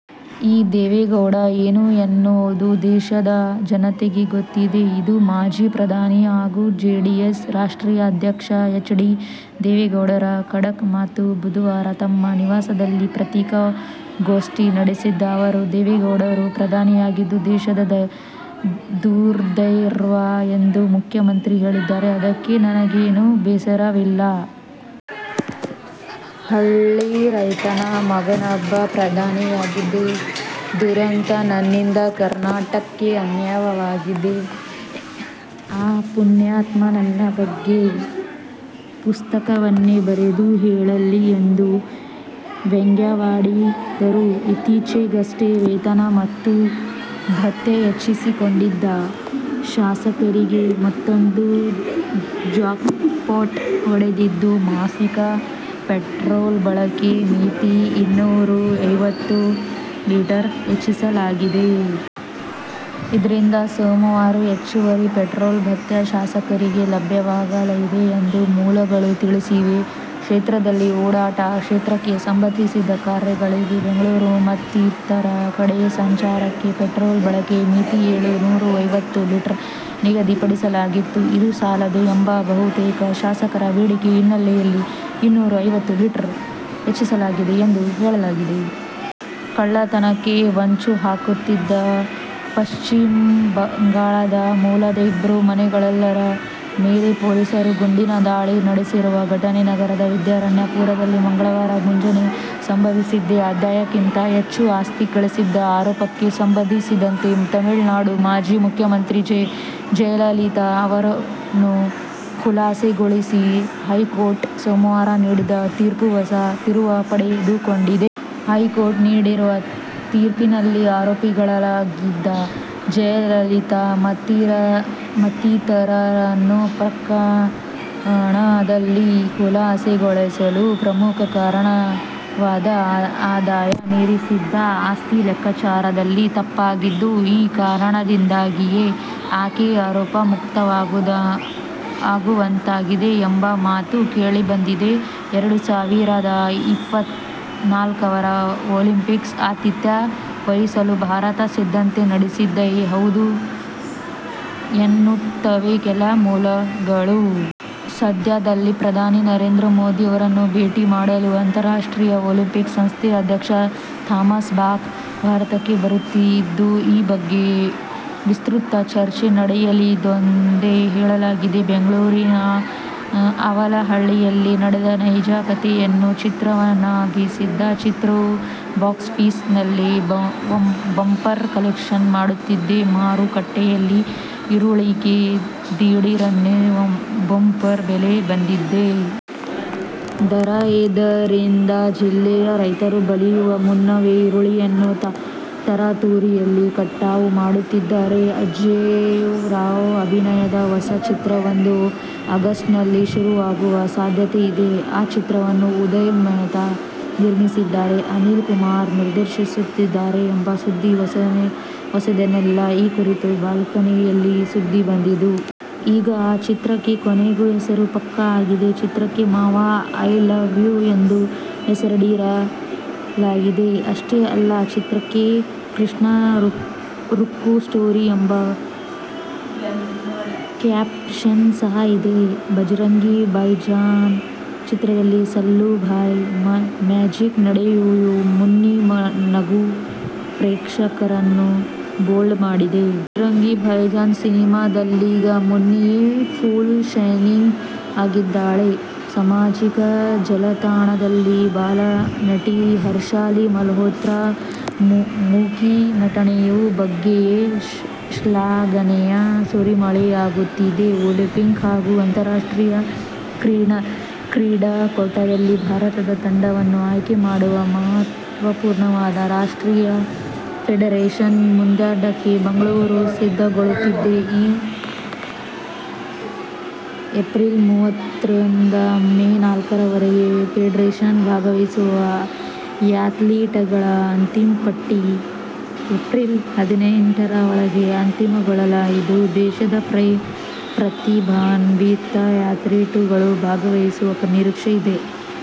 ಈ ದೇವೇಗೌಡ ಏನು ಎನ್ನುವುದು ದೇಶದ ಜನತೆಗೆ ಗೊತ್ತಿದೆ. ಇದು ಮಾಜಿ ಪ್ರಧಾನಿ ಹಾಗೂ ಜೆಡಿಎಸ್ ರಾಷ್ಟ್ರೀಯ ಅಧ್ಯಕ್ಷ ಎಚ್. ಡಿ. ದೇವೇಗೌಡರ ಖಡಕ್ ಮಾತು. ಬುಧವಾರ ತಮ್ಮ ನಿವಾಸದಲ್ಲಿ ಪತ್ರಿಕಾಗೋಷ್ಠಿ ನಡೆಸಿದ ಅವರು, ದೇವೇಗೌಡರು ಪ್ರಧಾನಿಯಾಗಿದ್ದು ದೇಶದ ದುರ್ದೈವ ಎಂದು ಮುಖ್ಯಮಂತ್ರಿ ಹೇಳಿದ್ದಾರೆ, ಅದಕ್ಕೆ ನನಗೇನೂ ಬೇಸರವಿಲ್ಲ. ಹಳ್ಳಿ ರೈತನ ಮಗನೊಬ್ಬ ಪ್ರಧಾನಿಯಾಗಿದ್ದು ದುರಂತ. ನನ್ನಿಂದ ಕರ್ನಾಟಕಕ್ಕೆ ಅನ್ಯಾಯವಾಗಿದೆ. ಆ ಪುಣ್ಯಾತ್ಮ ನನ್ನ ಬಗ್ಗೆ ಪುಸ್ತಕವನ್ನೇ ಬರೆದು ಹೇಳಲಿ ಎಂದು ವ್ಯಂಗ್ಯವಾಡಿದರು. ಇತ್ತೀಚೆಗಷ್ಟೇ ವೇತನ ಮತ್ತು ಭತ್ಯೆ ಹೆಚ್ಚಿಸಿಕೊಂಡಿದ್ದ ಶಾಸಕರಿಗೆ ಮತ್ತೂಂದು ಜಾಕ್ಪಾಟ್' ಹೊಡೆದಿದ್ದು, ಮಾಸಿಕ ಪೆಟ್ರೋಲ್ ಬಳಕೆ ಮಿತಿ ಇನ್ನೂರ ಐವತ್ತು ಲೀಟರ್ ಹೆಚ್ಚಿಸಲಾಗಿದೆ. ಇದರಿಂದ ಸುಮಾರು ಹೆಚ್ಚುವರಿ ಪೆಟ್ರೋಲ್ ಭತ್ಯೆ ಶಾಸಕರಿಗೆ ಲಭ್ಯವಾಗಲಿದೆ ಎಂದು ಮೂಲಗಳು ತಿಳಿಸಿವೆ. ಕ್ಷೇತ್ರದಲ್ಲಿ ಓಡಾಟ, ಕ್ಷೇತ್ರಕ್ಕೆ ಸಂಬಂಧಿಸಿದ ಕಾರ್ಯಗಳಿಗೆ ಬೆಂಗಳೂರು ಮತ್ತಿತರ ಕಡೆ ಸಂಚಾರಕ್ಕೆ ಪೆಟ್ರೋಲ್ ಬಳಕೆ ಮಿತಿ ಏಳು ನೂರ ಐವತ್ತು ಲೀಟರ್ ನಿಗದಿ ಪಡಿಸಲಾಗಿತ್ತು. ಇದು ಸಾಲದು ಎಂಬ ಬಹುತೇಕ ಶಾಸಕರ ಬೇಡಿಕೆ ಹಿನ್ನೆಲೆಯಲ್ಲಿ ಇನ್ನೂರ ಐವತ್ತು ಲೀಟರ್ ಹೆಚ್ಚಿಸಲಾಗಿದೆ ಎಂದು ಹೇಳಲಾಗಿದೆ. ಕಳ್ಳತನಕ್ಕೆ ಹೊಂಚುಹಾಕುತ್ತಿದ್ದ ಪಶ್ಚಿಮಬಂಗಾಳದ ಮೂಲದ ಇಬ್ಬರು ಮನೆಗಳ್ಳರ ಮೇಲೆ ಪೊಲೀಸರು ಗುಂಡಿನ ದಾಳಿ ನಡೆಸಿರುವ ಘಟನೆ ನಗರದ ವಿದ್ಯಾರಣ್ಯಪುರದಲ್ಲಿ ಮಂಗಳವಾರ ಮುಂಜಾನೆ ಸಂಭವಿಸಿದೆ. ಆದಾಯಕ್ಕಿಂತ ಹೆಚ್ಚು ಆಸ್ತಿ ಗಳಿಸಿದ ಆರೋಪಕ್ಕೆ ಸಂಬಂಧಿಸಿದಂತೆ ತಮಿಳುನಾಡು ಮಾಜಿ ಮುಖ್ಯಮಂತ್ರಿ ಜೆ. ಜಯಲಲಿತಾ ಅವರನ್ನು ಖುಲಾಸೆಗೊಳಿಸಿ ಹೈಕೋರ್ಟ್ ಸೋಮವಾರ ನೀಡಿದ ತೀರ್ಪು ಹೊಸ ತಿರುವು ಪಡೆದುಕೊಂಡಿದೆ. ಹೈಕೋರ್ಟ್ ನೀಡಿರುವ ತೀರ್ಪಿನಲ್ಲಿ ಆರೋಪಿಗಳಾಗಿದ್ದ ಜಯಲಲಿತಾ ಮತ್ತಿತರರನ್ನು ಪ್ರಕರಣದಲ್ಲಿ ಖುಲಾಸೆಗೊಳಿಸಲು ಪ್ರಮುಖ ಕಾರಣವಾದ ಆದಾಯ ಮೀರಿದ ಆಸ್ತಿ ಲೆಕ್ಕಾಚಾರದಲ್ಲಿ ತಪ್ಪಾಗಿದ್ದು, ಈ ಕಾರಣದಿಂದಾಗಿಯೇ ಆಕೆ ಆರೋಪ ಮುಕ್ತವಾಗುವಂತಾಗಿದೆ ಎಂಬ ಮಾತು ಕೇಳಿಬಂದಿದೆ. ಎರಡು ಸಾವಿರದ ಇಪ್ಪತ್ನಾಲ್ಕರ ಒಲಿಂಪಿಕ್ಸ್ ಆತಿಥ್ಯ ವಹಿಸಲು ಭಾರತ ಸಿದ್ಧತೆ ನಡೆಸಿದೆಯೇ ಹೌದು ಎನ್ನುತ್ತವೆ ಕೆಲ ಮೂಲಗಳು. ಸದ್ಯದಲ್ಲೇ ಪ್ರಧಾನಿ ನರೇಂದ್ರ ಮೋದಿ ಅವರನ್ನು ಭೇಟಿ ಮಾಡಲು ಅಂತಾರಾಷ್ಟ್ರೀಯ ಒಲಿಂಪಿಕ್ಸ್ ಸಂಸ್ಥೆ ಅಧ್ಯಕ್ಷ ಥಾಮಸ್ ಬಾಕ್ ಭಾರತಕ್ಕೆ ಬರುತ್ತಿದ್ದು, ಈ ಬಗ್ಗೆ ವಿಸ್ತೃತ ಚರ್ಚೆ ನಡೆಯಲಿದೆಯೆಂದು ಹೇಳಲಾಗಿದೆ. ಬೆಂಗಳೂರಿನ ಅವಲಹಳ್ಳಿಯಲ್ಲಿ ನಡೆದ ನೈಜ ಕಥೆಯನ್ನು ಚಿತ್ರವನ್ನಾಗಿಸಿದ ಚಿತ್ರವು ಬಾಕ್ಸಾಫೀಸ್'ನಲ್ಲಿ ಬಂಪರ್ ಕಲೆಕ್ಷನ್ ಮಾಡುತ್ತಿದೆ. ಮಾರುಕಟ್ಟೆಯಲ್ಲಿ ಈರುಳ್ಳಿಗೆ ದಿಢೀರನೇ ಬಂಪರ್ ಬೆಲೆ ಬಂದಿದೆ. ದರ ಏರಿದ್ದರಿಂದ ಜಿಲ್ಲೆಯ ರೈತರು ಬಲಿಯುವ ಮುನ್ನವೇ ಈರುಳ್ಳಿಯನ್ನು ತರಾತುರಿಯಲ್ಲಿ ಕಟಾವು ಮಾಡುತ್ತಿದ್ದಾರೆ. ಅಜೇಯ್ ರಾವ್ ಅಭಿನಯದ ಹೊಸ ಚಿತ್ರವೊಂದು ಆಗಸ್ಟ್ನಲ್ಲಿ ಶುರುವಾಗುವ ಸಾಧ್ಯತೆ ಇದೆ, ಆ ಚಿತ್ರವನ್ನು ಉದಯ್ ಮೆಹ್ತಾ ನಿರ್ಮಿಸಿದರೆ, ಅನಿಲ್ ಕುಮಾರ್ ನಿರ್ದೇಶಿಸುತ್ತಿದ್ದಾರೆ ಎಂಬ ಸುದ್ದಿ ಹೊಸದೇನಲ್ಲ. ಈ ಕುರಿತು ಬಾಲ್ಕನಿಯಲ್ಲಿ ಸುದ್ದಿ ಬಂದಿತ್ತು. ಈಗ ಆ ಚಿತ್ರಕ್ಕೆ ಕೊನೆಗೂ ಹೆಸರು ಪಕ್ಕಾ ಆಗಿದೆ. ಚಿತ್ರಕ್ಕೆ ಮಾವ ಐ ಲವ್ ಯು ಎಂದು ಹೆಸರಿಡಲಾಗಿದೆ. ಅಷ್ಟೇ ಅಲ್ಲ, ಚಿತ್ರಕ್ಕೆ ಕೃಷ್ಣ-ರುಕ್ಕು ಸ್ಟೋರಿ ಎಂಬ ಕ್ಯಾಪ್ಶನ್ ಸಹ ಇದೆ. ಭಜರಂಗಿ ಭಾಯಿಜಾನ್ ಚಿತ್ರದಲ್ಲಿ ಸಲ್ಲೂ ಭಾಯ್ ಮ್ಯಾಜಿಕ್ ನಡುವೆಯೂ ಮುನ್ನಿ ನಗು ಪ್ರೇಕ್ಷಕರನ್ನು ಬೋಲ್ಡ್ ಮಾಡಿದೆ. ಭಜರಂಗಿ ಭಾಯಿಜಾನ್ ಸಿನಿಮಾದಲ್ಲೀಗ ಮುನ್ನಿಯೇ ಫುಲ್ ಶೈನಿಂಗ್ ಆಗಿದ್ದಾಳೆ. ಸಾಮಾಜಿಕ ಜಾಲತಾಣದಲ್ಲಿ ಬಾಲನಟಿ ಹರ್ಷಾಲಿ ಮಲ್ಹೋತ್ರಾ ಮೂಕಿ ನಟನೆಯ ಬಗ್ಗೆಯೇ ಶ್ಲಾಘನೆಯ ಸುರಿಮಳೆಯಾಗುತ್ತಿದೆ. ಒಲಿಂಪಿಕ್ ಹಾಗೂ ಅಂತಾರಾಷ್ಟ್ರೀಯ ಕ್ರೀಡಾಕೂಟದಲ್ಲಿ ಭಾರತದ ತಂಡವನ್ನು ಆಯ್ಕೆ ಮಾಡುವ ಮಹತ್ವಪೂರ್ಣವಾದ ರಾಷ್ಟ್ರೀಯ ಫೆಡರೇಶನ್ ಪಂದ್ಯಾಟಕ್ಕೆ ಮಂಗಳೂರು ಸಿದ್ದಗೊಳ್ಳುತ್ತಿದೆ. ಏಪ್ರಿಲ್ ಮೂವತ್ತರಿಂದ ಮೇ ನಾಲ್ಕರ ವರೆಗೆ ಫೆಡರೇಶನ್ನಲ್ಲಿ ಭಾಗವಹಿಸುವ ಆ್ಯತ್ಲೀಟ್ಗಳ ಅಂತಿಮ ಪಟ್ಟಿ ಏಪ್ರಿಲ್ ಹದಿನೆಂಟರ ಒಳಗೆ ಅಂತಿಮಗೊಳ್ಳಲಿದ್ದು, ದೇಶದ ಪ್ರತಿಭಾನ್ವಿತ ಆ್ಯತ್ಲೀಟ್ಗಳು ಭಾಗವಹಿಸುವ ನಿರೀಕ್ಷೆ ಇದೆ.